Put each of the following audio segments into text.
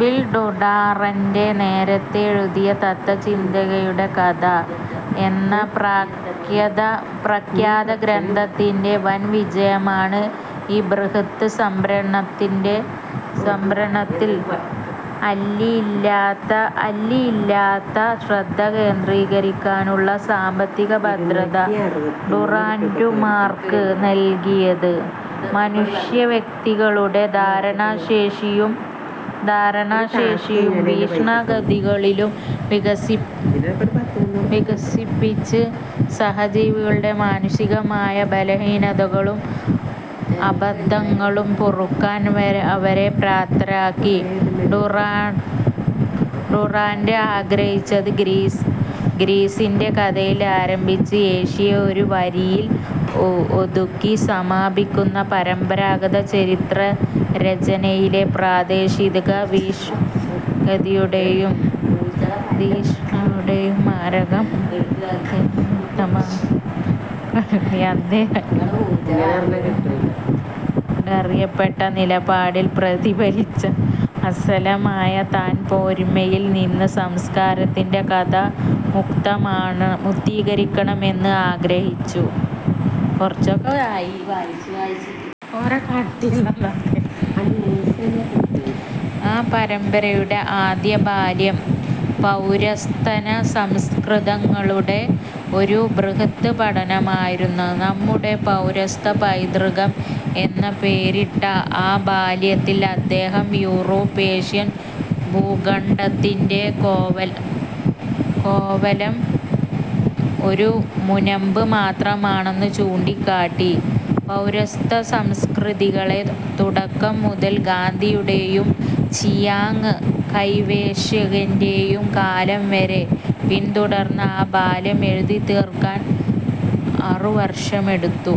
Will Durant നേരത്തെ എഴുതിയ "തത്ത്വചിന്തയുടെ കഥ" എന്ന പ്രഖ്യാതഗ്രന്ഥത്തിന്റെ വൻ വിജയമാണ്, ഈ ബൃഹദ്സംരംഭത്തിൽ അല്ലലില്ലാതെ ശ്രദ്ധ കേന്ദ്രീകരിക്കാനുള്ള സാമ്പത്തിക ഭദ്രത ഡുറാന്റുമാക്ക് നൽകിയത്. മനുഷ്യവ്യക്തികളുടെ ധാരണാശേഷിയും വീക്ഷണഗതികളും വികസിപ്പിച്ച്, സഹജീവികളുടെ മാനുഷികമായ ബലഹീനതകളും അബദ്ധങ്ങളും പൊറുക്കാൻ അവരെ പ്രാപ്തരാക്കാനാണ് ഡുറാന്റ് ആഗ്രഹിച്ചത്. "ഗ്രീസിന്റെ കഥയിൽ ആരംഭിച്ച്, ഏഷ്യയെ ഒരുവരിയിൽ ഒതുക്കി സമാപിക്കുന്ന പരമ്പരാഗത ചരിത്രരചനയിലെ പ്രാദേശികത, വീക്ഷണഗതിയുടേയും ധിഷണയുടേയും മാരകമായ വൈകല്യം വ്യക്തമാക്കുന്നുവെന്നു" കരുതിയ അദ്ദേഹം, യൂറോകേന്ദ്രീകൃതവാദം എന്ന് പിന്നീട് അറിയപ്പെട്ട നിലപാടിൽ പ്രതിഫലിച്ച അലസമായ താൻപോരിമയിൽ നിന്ന് സംസ്കാരത്തിന്റെ കഥ മുക്തമായിരിക്കണമെന്ന് ആഗ്രഹിച്ചു. ആ പരമ്പരയുടെ ആദ്യവാല്യം പൗരസ്ത്യസംസ്കൃതികളുടെ ഒരു ബൃഹദ്പഠനമായിരുന്നു. "നമ്മുടെ പൗരസ്ത്യപൈതൃകം" എന്ന് പേരിട്ട ആ വാല്യത്തിൽ അദ്ദേഹം, യൂറോപ്പ് ഏഷ്യൻ ഭൂഖണ്ഡത്തിന്റെ കേവലം ഒരു മുനമ്പ് മാത്രമാണെന്ന് ചൂണ്ടിക്കാട്ടി. പൗരസ്ത്യസംസ്കൃതികളെ തുടക്കം മുതൽ ഗാന്ധിയുടേയും ചിയാങ്ങ് കൈഷേക്കിന്റേയും കാലം വരെ പിന്തുടർന്ന ആ വാല്യം എഴുതിത്തീർക്കാൻ അറു വർഷമെടുത്തു.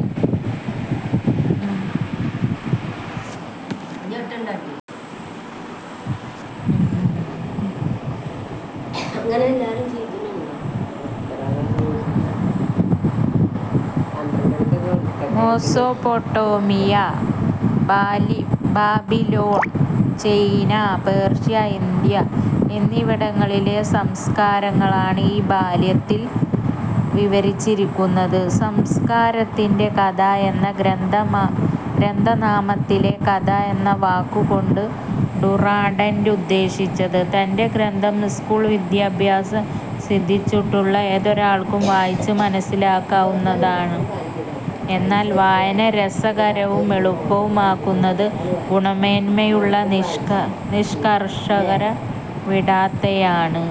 Mesopotamia, Babylon, China, Persia, India എന്നിവിടങ്ങളിലെ സംസ്കാരങ്ങളാണ് ഈ വാല്യത്തിൽ വിവരിച്ചിരിക്കുന്നത്. "സംസ്കാരത്തിന്റെ കഥ" എന്ന ഗ്രന്ഥനാമത്തിലെ 'കഥ' എന്ന വാക്കുകൊണ്ട് ഡുറാന്റ് ഉദ്ദേശിച്ചത് തന്റെ ഗ്രന്ഥം സ്കൂൾ വിദ്യാഭ്യാസം സിദ്ധിച്ചിട്ടുള്ള ഏതൊരാൾക്കും വായിച്ചു മനസ്സിലാക്കാവുന്നതാണെന്നാണ്. എന്നാൽ വായന രസകരവും എളുപ്പവുമാക്കിയത് ഗുണമേന്മയിലുള്ള നിഷ്കർഷ വിടാതെയാണ്.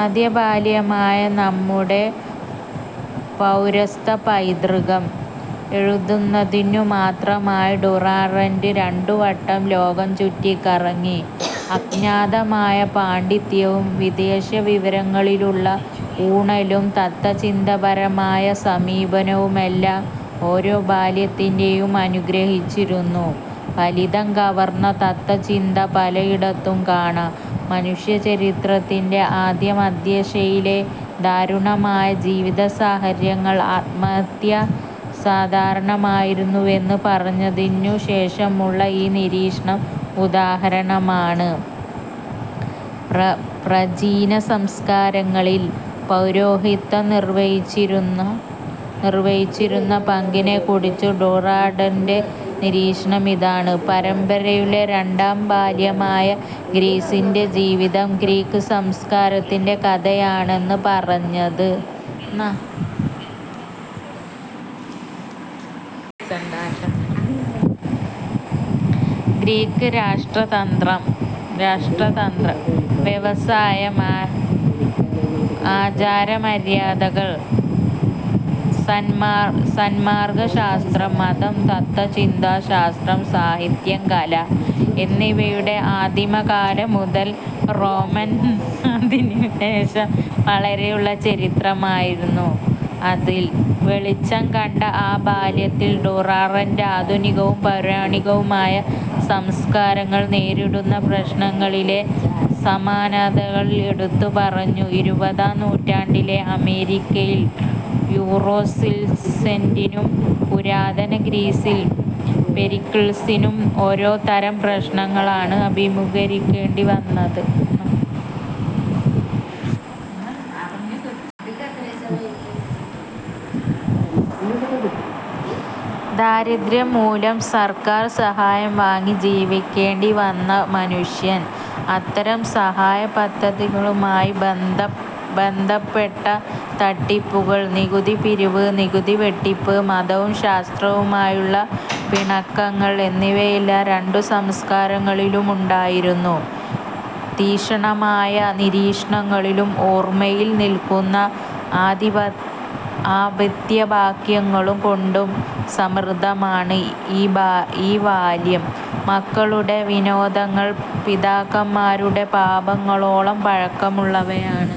ആദ്യവാല്യമായ "നമ്മുടെ പൗരസ്ത്യപൈതൃകം" എഴുതുന്നതിനുമാത്രമായി ഡുറാന്റ് രണ്ടുവട്ടം ലോകം ചുറ്റിക്കറങ്ങി. അഗാധമായ പാണ്ഡിത്യവും, വിശദവിവരങ്ങളിലുള്ള ഊന്നലും, തത്ത്വചിന്താപരമായ സമീപനവുമെല്ലാം ഓരോ വാല്യത്തേയും അനുഗ്രഹിച്ചിരുന്നു. ഫലിതം കലർന്ന തത്ത്വചിന്ത പലയിടത്തും കാണാം. മനുഷ്യചരിത്രത്തിന്റെ ആദിമദശയിലെ ദാരുണമായ ജീവിതസാഹചര്യങ്ങളിൽ ആത്മഹത്യ സാധാരണമായിരുന്നുവെന്ന് പറഞ്ഞതിനുശേഷമുള്ള ഈ നിരീക്ഷണം ഉദാഹരണമാണ്:- പ്രാചീനസംസ്കാരങ്ങളിൽ പൗരോഹിത്യം നിർവഹിച്ചിരുന്ന പങ്കിനെക്കുറിച്ച് ഡുറാന്റിന്റെ നിരീക്ഷണം ഇതാണ്:- പരമ്പരയിലെ രണ്ടാം വാല്യമായ "ഗ്രീസിന്റെ ജീവിതം", ഗ്രീക്ക് സംസ്കാരത്തിന്റെ കഥയാണ് പറഞ്ഞത്. ഗ്രീക്ക് രാഷ്ട്രതന്ത്രം, വ്യവസായം, ആചാരമര്യാദകൾ, സന്മാർഗശാസ്ത്രം, മതം, തത്ത്വചിന്ത, ശാസ്ത്രം, സാഹിത്യം, കല എന്നിവയുടെ ആദിമകാലം മുതൽ റോമൻ അധിനിവേശം വരെയുള്ള ചരിത്രമായിരുന്നു അത്. -ൽ വെളിച്ചം കണ്ട ആ വാല്യത്തിൽ ഡുറാന്റ്, ആധുനികവും പൗരാണികവുമായ സംസ്കാരങ്ങൾ നേരിടുന്ന പ്രശ്നങ്ങളിലെ സമാനതകൾ എടുത്തുപറഞ്ഞു. ഇരുപതാം നൂറ്റാണ്ടിലെ അമേരിക്കയിൽ റുസ്വെൽറ്റിനും, പുരാതന ഗ്രീസിൽ പെരിക്കിൾസിനും ഒരേതരം പ്രശ്നങ്ങളെയാണ് അഭിമുഖീകരിക്കേണ്ടിവന്നത്. ദാരിദ്ര്യം മൂലം സർക്കാർ സഹായം വാങ്ങി ജീവിക്കേണ്ടി വന്ന മനുഷ്യർ, അത്തരം സഹായപദ്ധതികളുമായി ബന്ധപ്പെട്ട തട്ടിപ്പുകൾ, നികുതിപിരിവ്, നികുതിവെട്ടിപ്പ്, മതവും ശാസ്ത്രവുമായുള്ള പിണക്കങ്ങൾ എന്നിവയെല്ലാം, രണ്ടു സംസ്കാരങ്ങളിലുമുണ്ടായിരുന്നു. തീക്ഷ്ണമായ നിരീക്ഷണങ്ങളും ഓർമ്മയിൽ നിൽക്കുന്ന ആപ്തവാക്യങ്ങളും കൊണ്ട് സമൃദ്ധമാണ് ഈ വാല്യം. "മക്കളുടെ വിനോദങ്ങൾ പിതാക്കന്മാരുടെ പാപങ്ങളോളം പഴക്കമുള്ളവയാണ്"